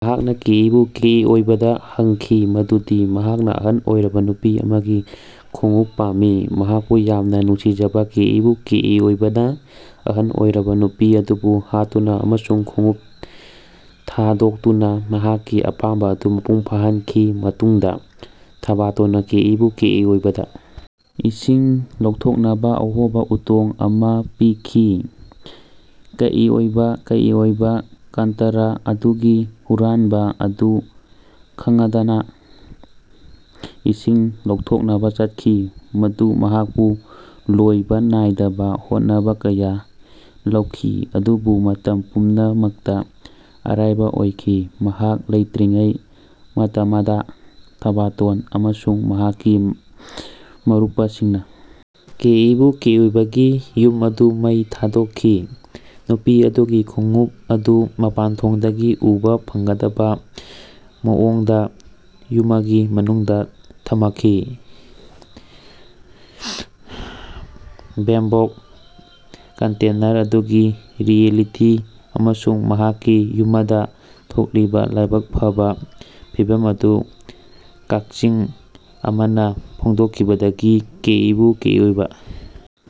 ꯃꯍꯥꯛꯅ ꯀꯦꯏꯕꯨ ꯀꯦꯏꯑꯣꯏꯕꯥꯗ ꯍꯪꯈꯤ ꯃꯗꯨꯗꯤ ꯃꯍꯥꯛꯅꯥ ꯑꯍꯜ ꯑꯣꯏꯔꯕ ꯅꯨꯄꯤ ꯑꯃꯒꯤ ꯈꯣꯡꯎꯞ ꯄꯥꯝꯃꯤ꯫ ꯃꯍꯥꯛꯄꯨ ꯌꯥꯝꯅ ꯅꯨꯡꯁꯤꯖꯕ ꯀꯦꯏꯕꯨ ꯀꯦꯏꯑꯣꯏꯕꯥꯅ ꯑꯍꯜ ꯑꯣꯏꯔꯕ ꯅꯨꯄꯤ ꯑꯗꯨꯕꯨ ꯍꯥꯠꯇꯨꯅ ꯑꯃꯁꯨꯡ ꯈꯣꯡꯎꯞ ꯊꯥꯗꯣꯛꯇꯨꯅꯥ ꯃꯍꯥꯛꯀꯤ ꯑꯄꯥꯝꯕꯥ ꯑꯗꯨ ꯃꯄꯨꯡ ꯐꯥꯍꯟꯈꯤ꯫ ꯃꯇꯨꯡꯗ꫰ꯊꯥꯕꯇꯣꯟꯅ ꯀꯦꯏꯕꯨ ꯀꯦꯏꯑꯣꯏꯕꯥꯗ ꯏꯁꯤꯡ ꯂꯧꯊꯣꯛꯅꯕ ꯑꯍꯣꯕꯥ ꯎꯇꯣꯡ ꯑꯃꯥ ꯄꯤꯈꯤ꯫ ꯀꯦꯏꯑꯣꯏꯕꯥ ꯀꯦꯏꯑꯣꯏꯕꯥ, ꯀꯟꯇꯦꯟꯔ ꯑꯗꯨꯒꯤ ꯍꯨꯔꯥꯟꯕ꫰ꯑꯗꯨ ꯈꯉꯗꯅ ꯏꯁꯤꯡ ꯂꯧꯊꯣꯛꯅꯕꯥ ꯆꯠꯈꯤ, ꯃꯗꯨ ꯃꯍꯥꯛꯄꯨ ꯂꯣꯏꯕ꫰ꯅꯥꯏꯗꯕ ꯍꯣꯠꯅꯕ ꯀꯌꯥ ꯂꯧꯈꯤ ꯑꯗꯨꯕꯨ ꯃꯇꯝ ꯄꯨꯝꯅꯃꯛꯇꯥ ꯑꯔꯏꯕ ꯑꯣꯏꯈꯤ꯫ ꯃꯍꯥꯛ ꯂꯩꯇꯔꯤꯉꯩ ꯃꯇꯃꯗ ꯊꯥꯕꯥꯇꯣꯟ ꯑꯃꯁꯨꯡ ꯃꯍꯥꯛꯀꯤ ꯃꯔꯨꯄꯁꯤꯡꯅꯥ ꯀꯦꯏꯕꯨ ꯀꯦꯏꯑꯣꯏꯕꯥꯒꯤ ꯌꯨꯝ ꯑꯗꯨ ꯃꯩ ꯊꯥꯗꯣꯛꯈꯤ, ꯅꯨꯄꯤ ꯑꯗꯨꯒꯤ ꯈꯣꯡꯎꯞ ꯑꯗꯨ ꯃꯄꯥꯟꯊꯣꯡꯗꯒꯤ ꯎꯕꯥ ꯐꯪꯒꯗꯕ꫰ꯃꯑꯣꯡꯗꯥ ꯌꯨꯃꯒꯤ ꯃꯅꯨꯡꯗꯥ ꯊꯃꯈꯤ꯫ ꯕꯦꯝꯕꯣꯛ ꯀꯟꯇꯦꯅꯔ ꯑꯗꯨꯒꯤ ꯔꯤꯑꯦꯂꯤꯇꯤ ꯑꯃꯁꯨꯡ ꯃꯍꯥꯛꯀꯤ ꯌꯨꯃꯗꯥ ꯊꯣꯛꯂꯤꯕꯥ ꯂꯥꯏꯕꯛ ꯐꯕꯥ ꯐꯤꯚꯝ ꯑꯗꯨ ꯀꯛꯆꯤꯡ ꯑꯃꯅꯥ ꯐꯣꯡꯗꯣꯛꯈꯤꯕꯗꯒꯤ ꯀꯦꯏꯕꯨ ꯀꯦꯏꯑꯣꯏꯕꯥ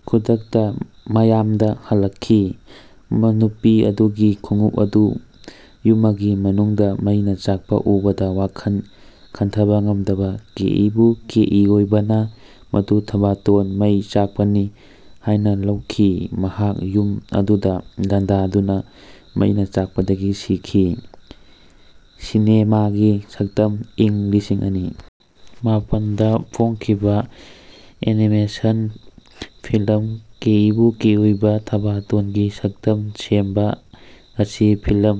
ꯈꯨꯗꯛꯇꯥ ꯃꯌꯝꯗꯥ ꯍꯜꯂꯛꯈꯤ꯫ ꯅꯨꯄꯤ ꯑꯗꯨꯒꯤ ꯈꯣꯡꯎꯞ ꯑꯗꯨ ꯌꯨꯃꯒꯤ ꯃꯅꯨꯡꯗꯥ ꯃꯩꯅꯥ ꯆꯥꯛꯄꯥ ꯎꯕꯗ ꯋꯥꯈꯜ ꯈꯟꯊꯕ ꯉꯝꯗꯕ꫰ꯀꯦꯏꯕꯨ ꯀꯦꯏꯑꯣꯏꯕꯥꯅ꫰ꯃꯗꯨ ꯊꯥꯕꯥꯇꯣꯟ ꯃꯩ ꯆꯥꯛꯄꯅꯤ ꯍꯥꯏꯅꯥ ꯂꯧꯈꯤ꯫ ꯃꯍꯥꯛ ꯌꯨꯝ ꯑꯗꯨꯗꯥ ꯂꯥꯟꯗꯥꯗꯨꯅ ꯃꯩꯅꯥ ꯆꯥꯛꯄꯗꯒꯤ ꯁꯤꯈꯤ꯫ ꯁꯤꯅꯦꯃꯥꯒꯤ ꯁꯛꯇꯝ ꯏꯪ ꯂꯤꯁꯤꯡ ꯑꯅꯤ ꯃꯄꯥꯜ ꯗꯥ ꯐꯣꯡꯈꯤꯕꯥ ꯑꯦꯅꯤꯃꯦꯁꯟ ꯐꯤꯂꯝ ꯀꯦꯏꯕꯨ ꯀꯦꯏꯑꯣꯏꯕꯥ, ꯊꯥꯕꯥꯇꯣꯟꯒꯤ ꯁꯛꯇꯝ ꯁꯦꯝꯕꯥ ꯑꯁꯤ ꯐꯤꯂꯝ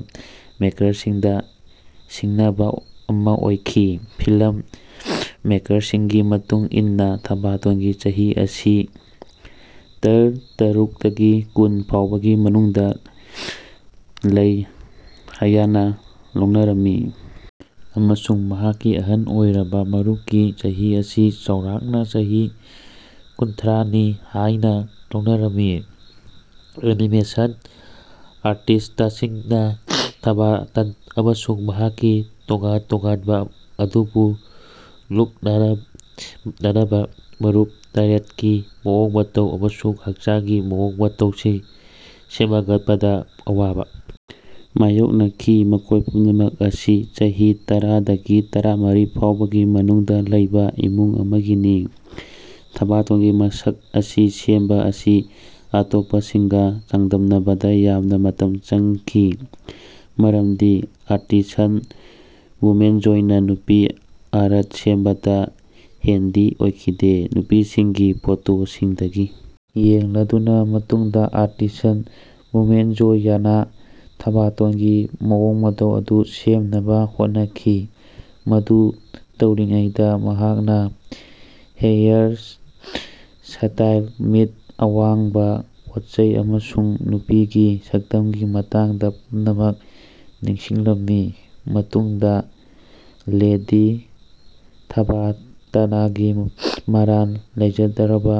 ꯃꯦꯀꯔꯁꯤꯡꯗꯥ ꯁꯤꯡꯅꯕ ꯑꯃ ꯑꯣꯏꯈꯤ꯫ ꯐꯤꯂꯝ ꯃꯦꯀꯔꯁꯤꯡꯒꯤ ꯃꯇꯨꯡ ꯏꯟꯅꯥ ꯊꯥꯕꯇꯣꯟꯒꯤ ꯆꯍꯤ ꯑꯁꯤ ꯆꯍꯤ ꯇꯔꯇꯥꯔꯨꯛ ꯇꯒꯤ ꯀꯨꯟ ꯐꯥꯎꯕꯒꯤ ꯃꯅꯨꯡꯗꯥ ꯂꯩ ꯍꯥꯌꯅꯥ ꯂꯧꯅꯔꯝꯃꯤ꯫ ꯑꯃꯁꯨꯡ ꯃꯍꯥꯛꯀꯤ ꯑꯍꯜ ꯑꯣꯏꯔꯕꯥ ꯃꯔꯨꯞꯀꯤ ꯆꯍꯤ ꯑꯁꯤ ꯆꯥꯎꯔꯥꯛꯅꯥ ꯆꯍꯤ ꯀꯨꯟꯊꯔꯥ ꯅꯤ ꯍꯥꯏꯅꯥ ꯂꯧꯅꯔꯝꯃꯤ꯫ ꯑꯦꯅꯤꯃꯦꯁꯟ ꯑꯥꯔꯇꯤꯁ꯭ꯇꯁꯤꯡꯅꯥ ꯊꯥꯕꯇꯟ ꯑꯃꯁꯨꯡ ꯃꯍꯥꯛꯀꯤ ꯇꯣꯉꯥꯟ ꯇꯣꯉꯥꯟꯕꯥ ꯑꯗꯨꯕꯨ ꯂꯨꯛ-ꯅꯥꯅꯕꯥ ꯃꯔꯨꯞ ꯇꯔꯦꯠ ꯀꯤ ꯃꯑꯣꯡ ꯃꯇꯧ ꯑꯃꯁꯨꯡ ꯍꯛꯆꯥꯡꯒꯤ ꯃꯑꯣꯡ ꯃꯇꯧꯁꯤꯡ ꯁꯦꯃꯒꯠꯄꯗꯥ ꯑꯋꯥꯕꯥ ꯃꯥꯌꯣꯛꯅꯈꯤ, ꯃꯈꯣꯏ ꯄꯨꯝꯅꯃꯛ ꯑꯁꯤ ꯆꯍꯤ ꯇꯔꯥ ꯗꯒꯤ ꯇꯔꯥꯃꯔꯤ ꯐꯥꯎꯕꯒꯤ ꯃꯅꯨꯡꯗꯥ ꯂꯩꯕꯥ ꯏꯃꯨꯡ ꯑꯃꯒꯤꯅꯤ꯫ ꯊꯥꯕꯇꯣꯟꯒꯤ ꯃꯁꯛ ꯑꯁꯤ ꯁꯦꯝꯕꯥ ꯑꯁꯤ ꯑꯇꯣꯞꯄꯁꯤꯡꯒꯥ ꯆꯥꯡꯗꯝꯅꯕꯗꯥ ꯌꯥꯝꯅꯥ ꯃꯇꯝ ꯆꯪꯈꯤ꯫ ꯃꯔꯝꯗꯤ ꯑꯥꯔꯇꯤꯁ꯭ꯠ ꯚꯨꯃꯦꯟꯖꯣꯏꯅꯥ ꯅꯨꯄꯤ ꯑꯥꯔꯠ ꯁꯦꯝꯕꯗꯥ ꯍꯦꯟꯗꯤ ꯑꯣꯏꯈꯤꯗꯦ꯫ ꯅꯨꯄꯤꯁꯤꯡꯒꯤ ꯐꯣꯇꯣꯁꯤꯡꯗꯒꯤ ꯌꯦꯡꯂꯗꯨꯅꯥ ꯃꯇꯨꯡꯗꯥ ꯑꯥꯔꯇꯤꯁ꯭ꯠ ꯚꯨꯃꯦꯟꯖꯣꯌꯅꯥ ꯊꯥꯕꯇꯣꯟꯒꯤ ꯃꯑꯣꯡ ꯃꯇꯧ ꯑꯗꯨ ꯁꯦꯝꯅꯕꯥ ꯍꯣꯠꯅꯈꯤ꯫ ꯃꯗꯨ ꯇꯧꯔꯤꯉꯩꯗꯥ ꯃꯍꯥꯛꯅꯥ ꯍꯦꯌꯥꯔꯁ꯭ꯇꯥꯏꯜ, ꯃꯤꯠ, ꯑꯋꯥꯡꯕꯥ, ꯄꯣꯠꯆꯩ ꯑꯃꯁꯨꯡ ꯅꯨꯄꯤꯒꯤ ꯁꯛꯇꯝꯒꯤ ꯃꯇꯥꯡꯗꯥ ꯄꯨꯝꯅꯃꯛ ꯅꯤꯡꯁꯤꯡꯂꯝꯃꯤ꯫ ꯃꯇꯨꯡꯗꯥ ꯂꯦꯗꯤ ꯊꯥꯕꯇꯅꯒꯤ ꯃꯔꯥꯜ ꯂꯩꯖꯗ꯭ꯔꯕꯥ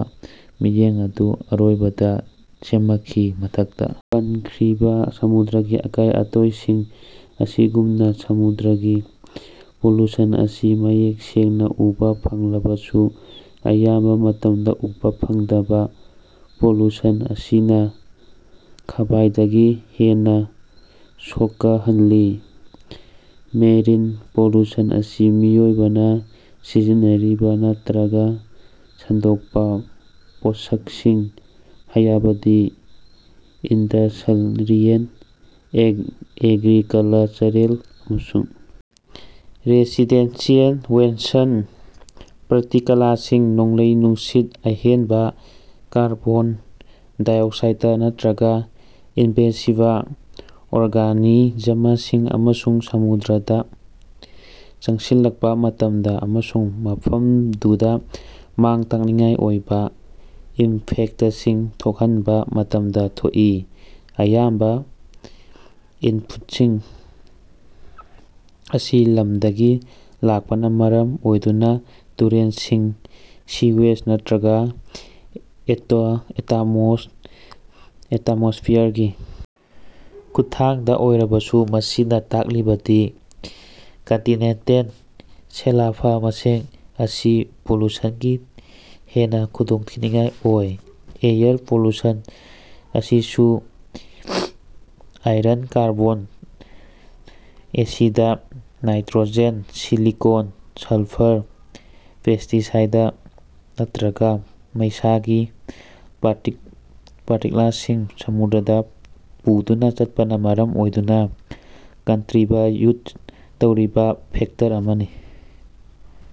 ꯃꯤꯠꯌꯦꯡ ꯑꯗꯨ ꯑꯔꯣꯏꯕꯗꯥ ꯁꯦꯃꯈꯤ꯫ ꯃꯊꯛꯇꯥ ꯄꯟꯈ꯭ꯔꯤꯕꯥ ꯁꯃꯨꯗ꯭ꯔꯒꯤ ꯑꯀꯥꯏ ꯑꯇꯣꯏꯁꯤꯡ ꯑꯁꯤꯒꯨꯝꯅꯥ ꯁꯃꯨꯗ꯭ꯔꯒꯤ ꯄꯣꯂꯨꯁꯟ ꯑꯁꯤ ꯃꯌꯦꯛ ꯁꯦꯡꯅꯥ ꯎꯕꯥ ꯐꯪꯂꯕꯁꯨ, ꯑꯌꯥꯝꯕꯥ ꯃꯇꯝꯗꯥ ꯎꯕꯥ ꯐꯪꯗꯕꯥ ꯄꯣꯂꯨꯁꯟ ꯑꯁꯤꯅꯥ ꯈ꯭ꯕꯥꯏꯗꯒꯤ ꯍꯦꯟꯅꯥ ꯁꯣꯀꯍꯜꯂꯤ꯫ ꯃꯦꯔꯤꯟ ꯄꯣꯂꯨꯁꯟ ꯑꯁꯤ ꯃꯤꯑꯣꯏꯕꯅꯥ ꯁꯤꯖꯤꯟꯅꯔꯤꯕꯥ ꯅꯠꯇ꯭ꯔꯒꯥ ꯁꯟꯗꯣꯛꯄꯥ ꯄꯣꯠꯁꯛꯁꯤꯡ, ꯍꯥꯌꯕꯗꯤ ꯏꯟꯗꯁ꯭ꯠꯔꯤꯑꯦꯜ, ꯑꯦꯒ꯭ꯔꯤꯀꯂꯆꯔꯦꯜ ꯑꯃꯁꯨꯡ ꯔꯦꯁꯤꯗꯦꯟꯁꯤꯑꯦꯜ ꯋꯦꯁ꯭ꯠ, ꯄꯥꯔꯇꯤꯀꯂꯁꯤꯡ, ꯅꯣꯡꯂꯩ-ꯅꯨꯡꯁꯤꯠ, ꯑꯍꯦꯟꯕꯥ ꯀꯥꯔꯕꯣꯟ ꯗꯥꯏꯑꯣꯛꯁꯥꯏꯗ ꯅꯠꯇ꯭ꯔꯒ ꯏꯟꯚꯦꯁꯤꯚ ꯑꯣꯔꯒꯥꯅꯤꯖꯃꯁꯤꯡ ꯑꯁꯤ ꯁꯃꯨꯗ꯭ꯔꯗꯥ ꯆꯪꯁꯤꯜꯂꯛꯄꯥ ꯃꯇꯝꯗꯥ ꯑꯃꯁꯨꯡ ꯃꯐꯝꯗꯨꯗꯥ ꯃꯥꯡ-ꯇꯥꯛꯅꯤꯡꯉꯥꯏ ꯑꯣꯏꯕꯥ ꯏꯐꯦꯛꯇꯁꯤꯡ ꯊꯣꯛꯍꯟꯕꯥ ꯃꯇꯝꯗꯥ ꯊꯣꯛꯏ꯫ ꯑꯌꯥꯝꯕ ꯏꯟꯄꯨꯠꯁꯤꯡ ꯑꯁꯤ ꯂꯝꯗꯒꯤ ꯂꯥꯛꯄꯅꯥ ꯃꯔꯝ ꯑꯣꯏꯗꯨꯅꯥ, ꯇꯨꯔꯦꯜꯁꯤꯡ, ꯁꯤꯋꯦꯖ ꯅꯠꯇ꯭ꯔꯒ ꯑꯦꯇꯃꯣꯁ꯭ꯐꯤꯌꯔꯒꯤ ꯈꯨꯠꯊꯥꯡꯗ ꯑꯣꯏꯔꯕꯁꯨ, ꯃꯁꯤꯅꯥ ꯇꯥꯛꯂꯤꯕꯗꯤ ꯀꯟꯇꯤꯅꯦꯟꯇꯜ ꯁꯦꯂꯐꯃꯁꯤꯡ ꯑꯁꯤ ꯄꯣꯂꯨꯁꯟꯒꯤ ꯍꯦꯟꯅꯥ ꯈꯨꯗꯣꯡꯊꯤꯅꯤꯡꯉꯥꯏ ꯑꯣꯏ꯫ ꯑꯦꯌꯔ ꯄꯣꯂꯨꯁꯟ ꯑꯁꯤꯁꯨ iron, carbon acid, nitrogen, silicon, sulphur, pesticide ꯅꯠꯇ꯭ꯔꯒ꫰ꯃꯩꯁꯥꯒꯤ ꯄꯥꯔꯇꯤꯛꯂꯁꯤꯡ ꯁꯃꯨꯗ꯭ꯔꯗꯥ ꯄꯨꯗꯨꯅꯥ ꯆꯠꯄꯅꯥ ꯃꯔꯝ ꯑꯣꯏꯗꯨꯅꯥ ꯀꯟꯇ꯭ꯔꯤꯕ꯭ꯌꯨꯠ ꯇꯧꯔꯤꯕꯥ ꯐꯦꯛꯇꯔ ꯑꯃꯅꯤ꯫